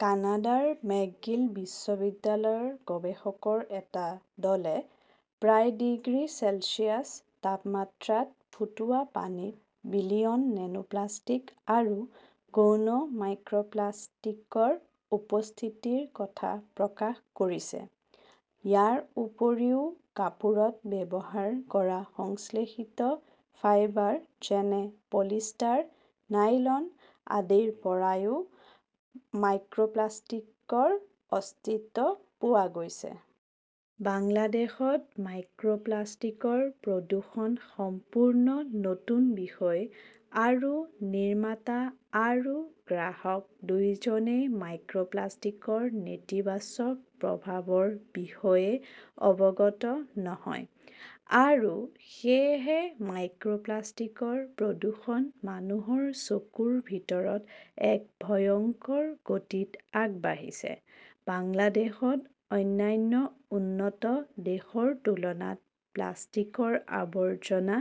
কানাডাৰ মেকগিল বিশ্ববিদ্যালয়ৰ গৱেষকৰ এটা দলে প্ৰায় ডিগ্ৰী চেলছিয়াছ তাপমাত্ৰাত ফুটোৱা পানীত বিলিয়ন নেনোপ্লাস্টিক আৰু গৌণ মাইক্ৰ 'প্লাষ্টিকৰ উপস্থিতিৰ কথা প্ৰকাশ কৰিছে। ইয়াৰ উপৰিও কাপোৰত ব্যৱহাৰ কৰা সংশ্লেষিত ফাইবাৰ যেনে পলিষ্টাৰ, নাইলন আদিৰ পৰাও মাইক্ৰ 'প্লাষ্টিকৰ অস্তিত্ব পোৱা গৈছে। বাংলাদেশত মাইক্ৰ 'প্লাষ্টিকৰ প্ৰদূষণ সম্পূৰ্ণ নতুন বিষয় আৰু নিৰ্মাতা আৰু গ্ৰাহক দুয়োজনেই মাইক্ৰ' প্লাষ্টিকৰ নেতিবাচক প্ৰভাৱৰ বিষয়ে অৱগত নহয়। আৰু সেয়েহে মাইক্ৰ'প্লাষ্টিকৰ প্ৰদূষণ মানুহৰ চকুৰ ভিতৰত এক ভয়ংকৰ গতিত আগবাঢ়িছে। বাংলাদেশত অন্যান্য উন্নত দেশৰ তুলনাত প্লাষ্টিকৰ আৱৰ্জনা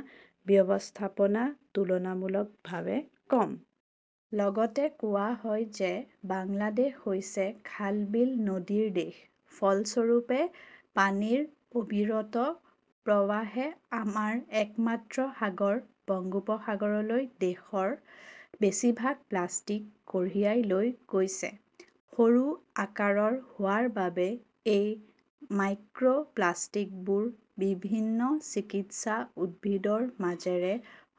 ব্যৱস্থাপনা তুলনামূলকভাৱে কম। লগতে কোৱা হয় যে বাংলাদেশ হৈছে খালবিল নদীৰ দেশ। ফলস্বৰূপে, পানীৰ অবিৰত প্ৰৱাহে আমাৰ একমাত্ৰ সাগৰ বংগোপসাগৰলৈ দেশৰ বেছিভাগ প্লাষ্টিক কঢ়িয়াই লৈ গৈছে। সৰু আকাৰৰ হোৱাৰ বাবে এই মাইক্ৰ 'প্লাষ্টিকবোৰ বিভিন্ন চিকিৎসা উদ্ভিদৰ মাজেৰে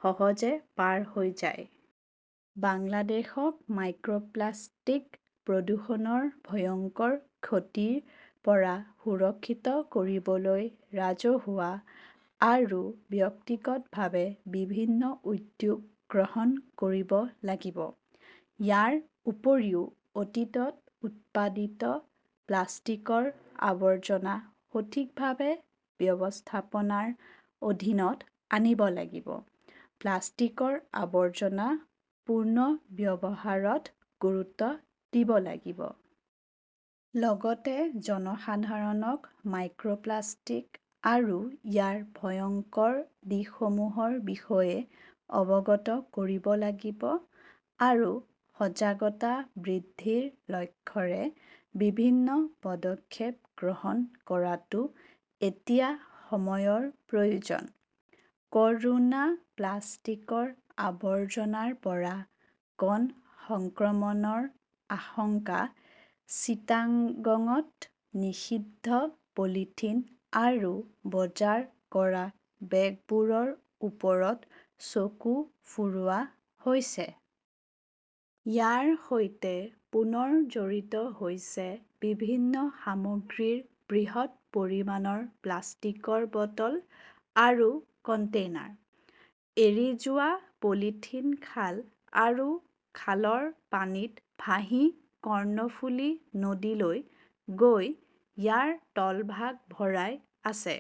সহজে পাৰ হৈ যায়। বাংলাদেশক মাইক্ৰ 'প্লাষ্টিক প্ৰদূষণৰ ভয়ংকৰ ক্ষতিৰ পৰা সুৰক্ষিত কৰিবলৈ ৰাজহুৱা আৰু ব্যক্তিগতভাৱে বিভিন্ন উদ্যোগ গ্ৰহণ কৰিব লাগিব। ইয়াৰ উপৰিও অতীতত উৎপাদিত প্লাষ্টিকৰ আৱৰ্জনা সঠিকভাৱে ব্যৱস্থাপনাৰ অধীনত আনিব লাগিব। প্লাষ্টিকৰ আৱৰ্জনা পুনৰ্ব্যৱহাৰত গুৰুত্ব দিব লাগিব। লগতে জনসাধাৰণক মাইক্ৰ 'প্লাষ্টিক আৰু ইয়াৰ ভয়ংকৰ দিশসমূহৰ বিষয়ে অৱগত কৰিব লাগিব আৰু সজাগতা বৃদ্ধিৰ লক্ষ্যৰে বিভিন্ন পদক্ষেপ গ্ৰহণ কৰাটো এতিয়া সময়ৰ প্ৰয়োজন। ক'ৰোনা প্লাষ্টিকৰ আৱৰ্জনাৰ পৰা গণ সংক্ৰমণৰ আশংকা চিটাগঙত নিষিদ্ধ পলিথিন আৰু বজাৰ কৰা বেগবোৰৰ ওপৰত চকু ফুৰোৱা হৈছে। ইয়াৰ সৈতে পুনৰ জড়িত হৈছে বিভিন্ন সামগ্ৰীৰ বৃহৎ পৰিমাণৰ প্লাষ্টিকৰ বটল আৰু কণ্টেইনাৰ। এৰি যোৱা পলিথিন খাল আৰু খালৰ পানীত ভাহি কৰ্ণফুলি নদীলৈ গৈ ইয়াৰ তলভাগ ভৰাই আছে।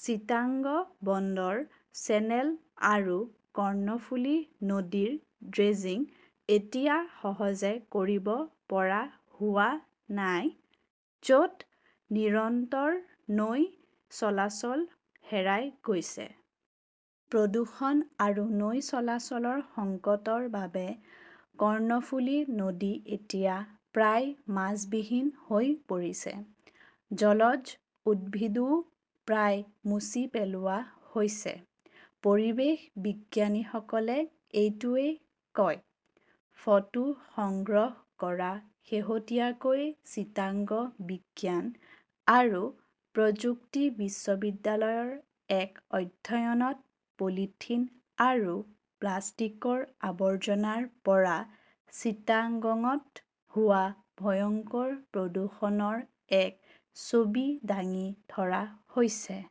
চিটাগং বন্দৰ চেনেল আৰু কৰ্ণফুলি নদীৰ ড্ৰেজিং এতিয়া সহজে কৰিব পৰা হোৱা নাই, য 'ত নিৰন্তৰ নৌ চলাচল হেৰাই গৈছে। প্ৰদূষণ আৰু নৌ চলাচলৰ সংকটৰ বাবে কৰ্ণফুলি নদী এতিয়া প্ৰায় মাছবিহীন হৈ পৰিছে। জলজ উদ্ভিদও প্ৰায় মচি পেলোৱা হৈছে। পৰিৱেশ বিজ্ঞানীসকলে এইটোৱেই কয়। ফটো সংগ্ৰহ কৰা শেহতীয়াকৈ চিটাগং বিজ্ঞান আৰু প্ৰযুক্তি বিশ্ববিদ্যালয়ৰ এক অধ্যয়নত পলিথিন আৰু প্লাষ্টিকৰ আৱৰ্জনাৰ পৰা চিটাগঙত হোৱা ভয়ংকৰ প্ৰদূষণৰ এক ছবি দাঙি ধৰা হৈছে।